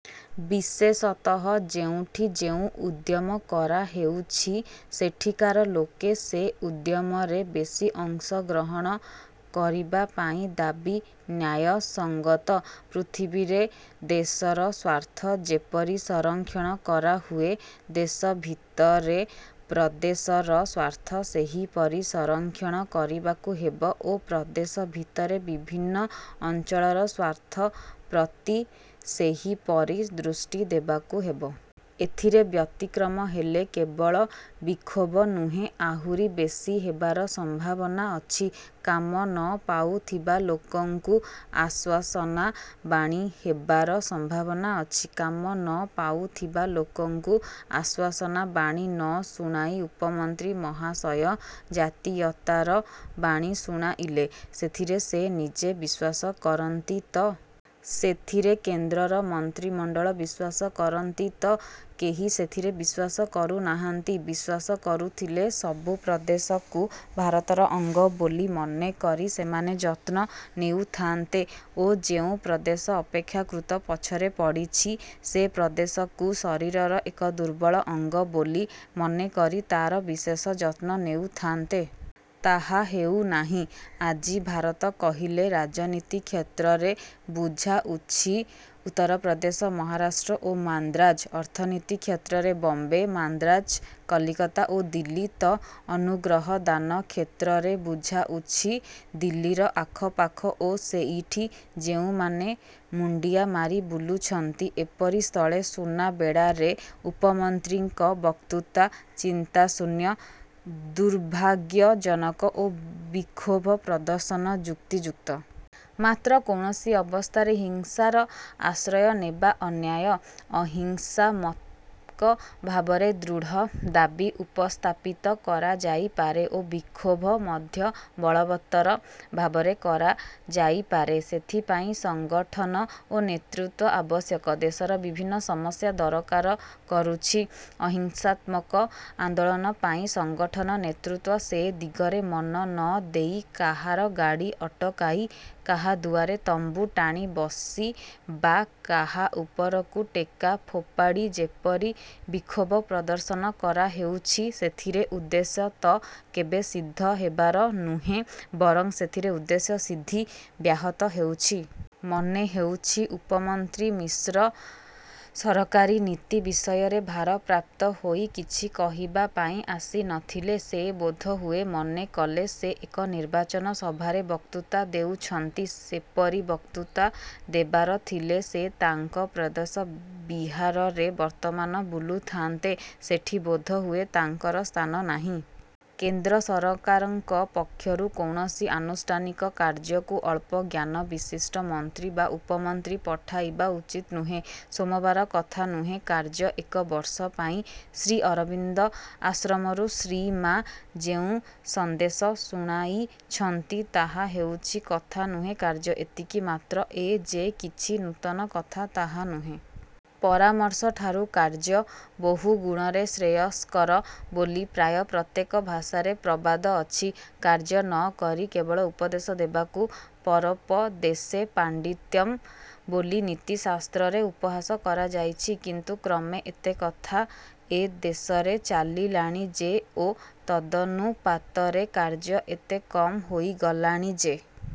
ବିଶେଷତଃ ଯେଉଁଠି ଯେଉଁ ଉଦ୍ୟମ କରା ହେଉଛି ସେଠିକାର ଲୋକେ ସେ ଉଦ୍ୟମରେ ବେଶି ଅଂଶ ଗ୍ରହଣ କରିବାପାଇଁ ଦାବି ନ୍ୟାୟସଙ୍ଗତ। ପୃଥିବୀରେ ଦେଶର ସ୍ୱାର୍ଥ ଯେପରି ସଂରକ୍ଷଣ କରାହୁଏ, ଦେଶ ଭିତରେ ପ୍ରଦେଶର ସ୍ୱାର୍ଥ ସେହିପରି ସଂରକ୍ଷଣ କରିବାକୁ ହେବ ଓ ପ୍ରଦେଶ ଭିତରେ ବିଭିନ୍ନ ଅଞ୍ଚଳର ସ୍ୱାର୍ଥ ପ୍ରତି ସେହିପରି ଦୃଷ୍ଟି ଦେବାକୁ ହେବ। ଏଥିରେ ବ୍ୟତିକ୍ରମ ହେଲେ କେବଳ ବିକ୍ଷୋଭ ନୁହେଁ, ଆହୁରି ବେଶି ହେବାର ସମ୍ଭାବନା ଅଛି। କାମ ନ ପାଉଥିବା ଲୋକଙ୍କୁ ଆଶ୍ୱାସନା ବାଣୀ ହେବାର ସମ୍ଭାବନା ଅଛି। କାମ ନ ପାଉଥିବା ଲୋକଙ୍କୁ ଆଶ୍ୱାସନା ବାଣୀ ନ ଶୁଣାଇ ଉପମନ୍ତ୍ରୀ ମହାଶୟ ଜାତୀୟତାର ବାଣୀ ଶୁଣାଇଲେ, ସେଥିରେ ସେ ନିଜେ ବିଶ୍ୱାସ କରନ୍ତି ତ? ସେଥିରେ କେନ୍ଦ୍ରର ମନ୍ତ୍ରୀମଣ୍ଡଳ ବିଶ୍ୱାସ କରନ୍ତି ତ? କେହି ସେଥିରେ ବିଶ୍ୱାସ କରୁନାହାନ୍ତି। ବିଶ୍ୱାସ କରୁଥିଲେ ସବୁ ପ୍ରଦେଶକୁ ଭାରତର ଅଙ୍ଗ ବୋଲି ମନେ କରି ସେମାନେ ଯତ୍ନ ନେଉଥାନ୍ତେ ଓ ଯେଉଁ ପ୍ରଦେଶ ଅପେକ୍ଷାକୃତ ପଛରେ ପଡ଼ିଛି, ସେ ପ୍ରଦେଶକୁ ଶରୀରର ଏକ ଦୁର୍ବଳ ଅଙ୍ଗ ବୋଲି ମନେକରି ତା'ର ବିଶେଷ ଯତ୍ନ ନେଉଥାନ୍ତେ। ତାହା ହେଉନାହିଁ। ଆଜି ଭାରତ କହିଲେ ରାଜନୀତି କ୍ଷେତ୍ରରେ ବୁଝାଉଛି ଉତ୍ତର ପ୍ରଦେଶ, ମହାରାଷ୍ଟ୍ର ଓ ମାନ୍ଦ୍ରାଜ; ଅର୍ଥନୀତି କ୍ଷେତ୍ରରେ ବମ୍ବେ, ମାନ୍ଦ୍ରାଜ, କଲିକତା ଓ ଦିଲ୍ଲୀ ତ ଅନୁଗ୍ରହଦାନ କ୍ଷେତ୍ରରେ ବୁଝାଉଛି ଦିଲ୍ଲୀର ଆଖପାଖ ଓ ସେଇଠି ଯେଉଁମାନେ ମୁଣ୍ଡିଆ ମାରି ବୁଲୁଛନ୍ତି। ଏପରି ସ୍ଥଳେ ସୁନାବେଡ଼ାରେ ଉପମନ୍ତ୍ରୀଙ୍କ ବକ୍ତୃତା ଚିନ୍ତାଶୂନ୍ୟ, ଦୁର୍ଭାଗ୍ୟଜନକ ଓ ବିକ୍ଷୋଭ ପ୍ରଦର୍ଶନ ଯୁକ୍ତିଯୁକ୍ତ। ମାତ୍ର କୌଣସି ଅବସ୍ଥାରେ ହିଂସାର ଆଶ୍ରୟନେବା ଅନ୍ୟାୟ। ଅହିଂସାତ୍ମକ ଭାବରେ ଦୃଢ଼ ଦାବି ଉପସ୍ଥାପିତ କରାଯାଇପାରେ ଓ ବିକ୍ଷୋଭ ମଧ୍ୟ ବଳବତ୍ତର ଭାବରେ କରା ଯାଇପାରେ-। ସେଥିପାଇଁ ସଙ୍ଗଠନ ଓ ନେତୃତ୍ୱ ଆବଶ୍ୟକ। ଦେଶର ବିଭିନ୍ନ ସମସ୍ୟା ଦରକାର କରୁଛି-। ଅହିଂସାତ୍ମକ ଆନ୍ଦୋଳନ ପାଇଁ ସଙ୍ଗଠନ ନେତୃତ୍ୱ ସେ ଦିଗରେ ମନ ନ ଦେଇ କାହାର ଗାଡ଼ି ଅଟକାଇ, କାହା ଦୁଆରେ ତମ୍ବୁ ଟାଣି ବସି ବା କାହା ଉପରକୁ ଟେକା ଫୋପାଡ଼ି ଯେପରି ବିକ୍ଷୋଭ ପ୍ରଦର୍ଶନ କରାହେଉଛି, ସେଥିରେ ଉଦ୍ଦେଶ୍ୟ ତ କେବେ ସିଦ୍ଧ ହେବାର ନୁହେଁ, ବରଂ ସେଥିରେ ଉଦ୍ଦେଶ୍ୟ ସିଦ୍ଧି ବ୍ୟାହତ ହେଉଛି। ମନେ ହେଉଛି ଉପମନ୍ତ୍ରୀ ମିଶ୍ର ସରକାରୀ ନୀତି ବିଷୟରେ ଭାରପ୍ରାପ୍ତ ହୋଇ କିଛି କହିବାପାଇଁ ଆସି ନଥିଲେ। ସେ ବୋଧହୁଏ ମନେକଲେ, ସେ ଏକ ନିର୍ବାଚନ ସଭାରେ ବକ୍ତୃତା ଦେଉଛନ୍ତି। ସେପରି ବକ୍ତୃତା ଦେବାର ଥିଲେ ସେ ତାଙ୍କ ପ୍ରଦେଶ ବିହାରରେ ବର୍ତ୍ତମାନ ବୁଲୁଥାନ୍ତେ-। ସେଠି ବୋଧହୁଏ ତାଙ୍କର ସ୍ଥାନ ନାହିଁ। କେନ୍ଦ୍ର ସରକାରଙ୍କ ପକ୍ଷରୁ କୌଣସି ଆନୁଷ୍ଠାନିକ କାର୍ଯ୍ୟକୁ ଅଳ୍ପ ଜ୍ଞାନବିଶିଷ୍ଟ ମନ୍ତ୍ରୀ ବା ଉପମନ୍ତ୍ରୀ ପଠାଇବା ଉଚିତ ନୁହେଁ। ସୋମବାର କଥା ନୁହେଁ କାର୍ଯ୍ୟ ଏବର୍ଷ ପାଇଁ ଶ୍ରୀ ଅରବିନ୍ଦ ଆଶ୍ରମରୁ ଶ୍ରୀମା ଯେଉଁ ସନ୍ଦେଶ ଶୁଣାଇଛନ୍ତି ତାହା ହେଉଛି ''କଥା ନୁହେଁ, କାର୍ଯ୍ୟ। '' ଏତିକି ମାତ୍ର, ଏ ଯେ କିଛି ନୂତନ କଥା ତାହା ନୁହେଁ। ପରାମର୍ଶଠାରୁ କାର୍ଯ୍ୟ ବହୁ ଗୁଣରେ ଶ୍ରେୟସ୍କର ବୋଲି ପ୍ରାୟ ପ୍ରତ୍ୟେକ ଭାଷାରେ ପ୍ରବାଦ ଅଛି। କାର୍ଯ୍ୟ ନ କରି କେବଳ ଉପଦେଶ ଦେବାକୁ 'ପରୋପଦେଶେ ପାଣ୍ଡିତ୍ୟଂ' ବୋଲି ନୀତି ଶାସ୍ତ୍ରରେ ଉପହାସ କରାଯାଇଛି; କିନ୍ତୁ କ୍ରମେ ଏତେ କଥା ଏ ଦେଶରେ ଚାଲିଲାଣି ଯେ ଓ ତଦନୁପାତରେ କାର୍ଯ୍ୟ ଏତେ କମ ହୋଇଗଲାଣି ଯେ